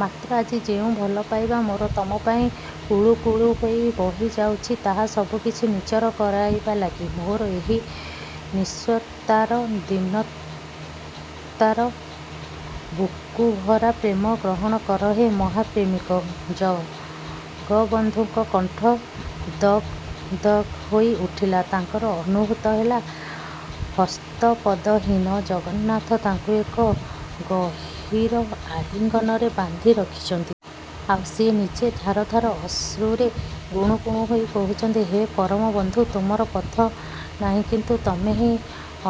ମାତ୍ର ଆଜି ଯେଉଁ ଭଲ ପାଇବା ମୋର ତମପାଇଁ କୁଳୁକୁଳୁ ହୋଇ ବହି ଯାଉଚି, ତାହା ସବୁ କିଛି ନିଜର କରାଇବା ଲାଗି। ମୋର ଏହି ନିସ୍ୱତାର, ଦୀନତାର, ବୁକୁଭରା ପ୍ରେମ ଗ୍ରହଣ କର ହେ ମହାପ୍ରେମିକ! ଜଗବନ୍ଧୁଙ୍କ କଣ୍ଠ ଦଗ୍ ଦଗ୍ ହୋଇ ଉଠିଲା ତାଙ୍କର ଅନୁଭୂତ ହେଲା ହସ୍ତପଦହୀନ ଜଗନ୍ନାଥ ତାଙ୍କୁ ଏକ ଗହୀର ଆଲିଙ୍ଗନରେ ବାନ୍ଧି ରଖିଛନ୍ତି। ଆଉ ସେ ନିଜେ ଧାର ଧାର ଅଶ୍ରୁରେ ଗୁଣୁଗୁଣୁ ହୋଇ କହୁଚନ୍ତି, "ହେ ପରମ ବନ୍ଧୁ! ତୁମର ପଥ ନାହିଁକିନ୍ତୁ ତମେ ହିଁ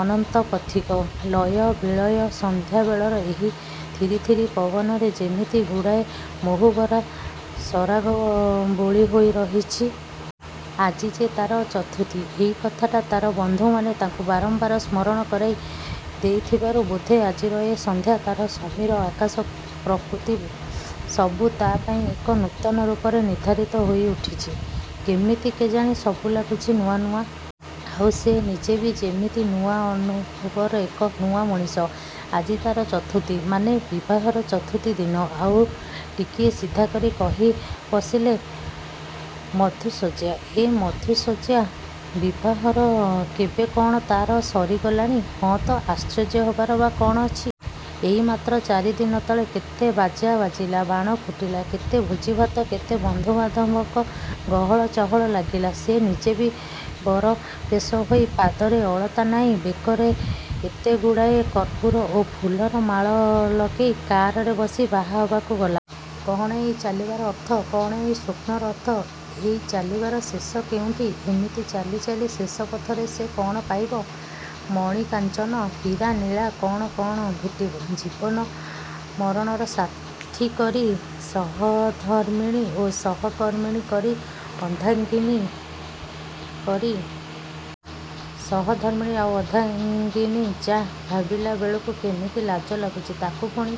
ଅନନ୍ତ ପଥିକ!" ଲୟ ବିଲୟ ସନ୍ଧ୍ୟାବେଳର ଏହି ଥିରି ଥିରି ପବନରେ ଯେମିତି ଗୁଡ଼ାଏ ମହୁଭରା ସରାଗ ବୋଳି ହୋଇ ରହିଚି। ଆଜି ଯେ ତା'ର ଚତୁର୍ଥୀ, ଏଇ କଥାଟା ତାର ବନ୍ଧୁମାନେ ତାକୁ ବାରମ୍ବାର ସ୍ମରଣ କରାଇ ଦେଇଥିବାରୁ ବୋଧେ ଆଜିର ଏ ସନ୍ଧ୍ୟା, ତାର ସମୀର, ଆକାଶ, ପ୍ରକୃତି ସବୁ ତା' ପାଇଁ ଏକ ନୂତନ ରୂପରେ ନିର୍ଦ୍ଧାରିତ ହୋଇ ଉଠିଚି। କେମିତି କେଜାଣି ସବୁ ଲାଗୁଚି ନୂଆ ନୂଆ। ଆଉ ସେ ନିଜେ ବି ଯେମିତି ନୂଆ ଅନୁଭବର ଏକ ନୂଆ ମଣିଷ। ଆଜି ତାର ଚତୁର୍ଥୀ! ମାନେ ବିବାହର ଚତୁର୍ଥ ଦିନ। ଆଉ ଟିକିଏ ସିଧା କରି କହି ବସିଲେ ମଧୁଶଯ୍ୟା ଏଁ ମଧୁଶଯ୍ୟା? ବିବାହର ତେବେ କ'ଣ ତାର ସରିଗଲାଣି? ହଁ ତ, ଆଶ୍ଚର୍ଯ୍ୟ ହବାର ବା କଣ ଅଛି? ଏଇ ମାତ୍ର ଚାରି ଦିନ ତଳେ, କେତେ ବାଜା ବାଜିଲା, ବାଣ ଫୁଟିଲା, କେତେ ଭୋଜି ଭାତ, କେତେ ବନ୍ଧୁ ବାନ୍ଧବଙ୍କ ଗହଳ ଚହଳ ଲାଗିଲା। ସେ ନିଜେ ବି ବର ବେଶ ହୋଇ ପାଦରେ ଅଳତା ନାଇ, ବେକରେ ଏତେଗୁଡ଼ାଏ କର୍ପୂର ଓ ଫୁଲର ମାଳ ଲଗେଇ, କାର୍‌ରେ ବସି ବାହା ହବାକୁ ଗଲା। କ'ଣ ଏଇ ଚାଲିବାର ଅର୍ଥ? କ'ଣ ଏଇ ସ୍ୱପ୍ନର ଅର୍ଥ? ଏଇ ଚାଲିବାର ଶେଷ କେଉଁଠି? ଏମିତି ଚାଲି ଚାଲି ଶେଷ ପଥରେ ସେ କ'ଣ ପାଇବ? ମଣି କାଞ୍ଚନ? ହୀରା ନୀଳା? କ'ଣ, କ'ଣ? ଭେଟିବ, ଜୀବନ ମରଣର ସାଥୀ କରି, ସହଧର୍ମିଣୀ ଓ ସହକର୍ମୀଣୀ କରି, ଅର୍ଦ୍ଧାଙ୍ଗିନୀ କରି। ସହଧର୍ମିଣୀ ଆଉ ଅର୍ଦ୍ଧାଙ୍ଗିନୀ? ଯାଃ, ଭାବିଲା ବେଳକୁ କେମିତି ଲାଜ ଲାଗୁଚି! ତାକୁ ପୁଣି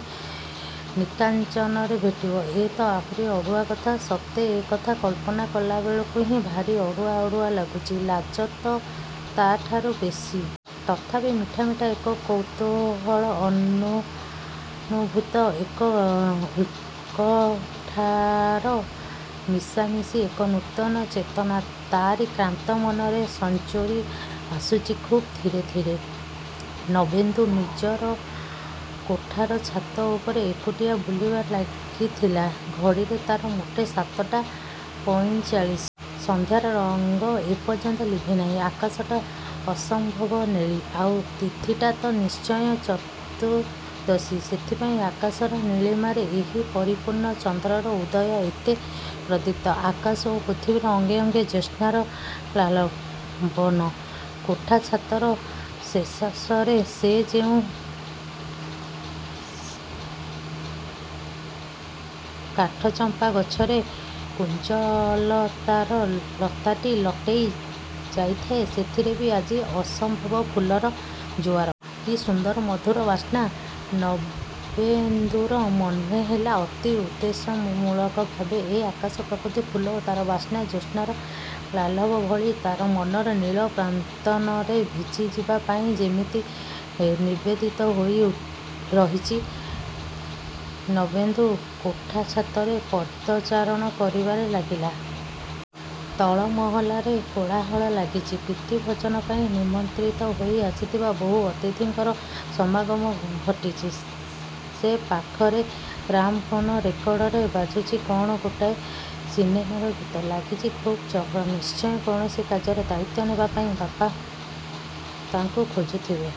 ନିକାଞ୍ଚନରେ ଭେଟିବ? ୟେ ତ ଆହୁରି ଅଡ଼ୁଆ କଥା! ସତେ, ଏ କଥା କଳ୍ପନା କଲାବେଳକୁ ହିଁ ଭାରି ଅଡ଼ୁଆ ଅଡ଼ୁଆ ଲାଗୁଚି। ଲାଜ ତ ତା' ଠାରୁ ବେଶୀ! ତଥାପି ମିଠା ମିଠା ଏକ କୌତୁହଳ, ଅନୁଭୂତ ଏକ ଉକଣ୍ଠାର ମିଶାମିଶି ଏକ ନୂତନ ଚେତନା ତା'ରି କ୍ଳାନ୍ତ ମନରେ ସଞ୍ଚରି ଆସୁଚି ଖୁବ୍ ଧୀରେ ଧୀରେ। ନବେନ୍ଦୁ ନିଜର କୋଠାର ଛାତ ଉପରେ ଏକୁଟିଆ ବୁଲିବାରେ ଲାଗିଥିଲା। ଘଡ଼ିରେ ତାର ମୋଟେ ସାତଟା ପଇଁଚାଳିଶି। ସନ୍ଧ୍ୟାର ରଙ୍ଗ ଏପର୍ଯ୍ୟନ୍ତ ଲିଭିନାହିଁ। ଆକାଶଟା ଅସମ୍ଭବ ନେଳି। ଆଉ ତିଥିଟା ତ ନିଶ୍ଚୟ ଚତୁର୍ଦ୍ଦଶୀ, ସେଥିପାଇଁ ଆକାଶର ନୀଳିମାରେ ଏହି ପରିପୂର୍ଣ୍ଣ ଚନ୍ଦ୍ରର ଉଦୟ ଏତେ ପ୍ରଦୀପ୍ତ। ଆକାଶ ଓ ପୃଥିବୀର ଅଙ୍ଗେ ଅଙ୍ଗେ ଜ୍ୟୋତ୍ସ୍ନାର ପ୍ଲାବନ। କୋଠା ଛାତର ଶେଷାଂଶରେ ସେ ଯେଉଁ କାଠଚମ୍ପା ଗଛରେ କୁଞ୍ଜଲତାର ଲତାଟି ଲଟେଇ ଯାଇଥାଏ, ସେଥିରେ ବି ଆଜି ଅସମ୍ଭବ ଫୁଲର ଜୁଆର। କି ସୁନ୍ଦର, ମଧୁର ବାସ୍ନା! ନବେନ୍ଦୁର ମନେହେଲା ଅତି ଉଦ୍ଦେଶ୍ୟମୂଳକ ଭାବେ ଏ ଆକାଶ, ପ୍ରକୃତି, ଫୁଲ ଓ ତାର ବାସ୍ନା, ଜ୍ୟୋତ୍ସ୍ନାର ପ୍ଲାଲଭ ଭଳି, ତା' ମନର ନୀଳ ପ୍ରାନ୍ତରରେ ଭିଜିଯିବା ପାଇଁ ଯେମିତି ନିବେଦିତ ହୋଇ ରହିଚି। ନବେନ୍ଦୁ କୋଠା ଛାତରେ ପଦଚାରଣ କରିବାରେ ଲାଗିଲା। ତଳ ମହଲାରେ କୋଳାହଳ ଲାଗିଚି। ପ୍ରୀତି ଭୋଜନ ପାଇଁ ନିମନ୍ତ୍ରୀତ ହୋଇ ଆସିଥିବା ବହୁ ଅତିଥିଙ୍କର ସମାଗମ ଘଟିଚି। ସେପାଖରେ ଗ୍ରାମ୍‌ଫୋନ ରେକର୍ଡରେ ବାଜୁଚି କ'ଣ ଗୋଟାଏ ସିନେମାର ଗୀତ। ଲାଗିଚି ଖୁବ୍ ଚହଳ। ନିଶ୍ଚୟ କୌଣସି କାର୍ଯ୍ୟର ଦାୟିତ୍ଵ ଦେବା ପାଇଁ ବାପା ତାଙ୍କୁ ଖୋଜୁଥିବେ।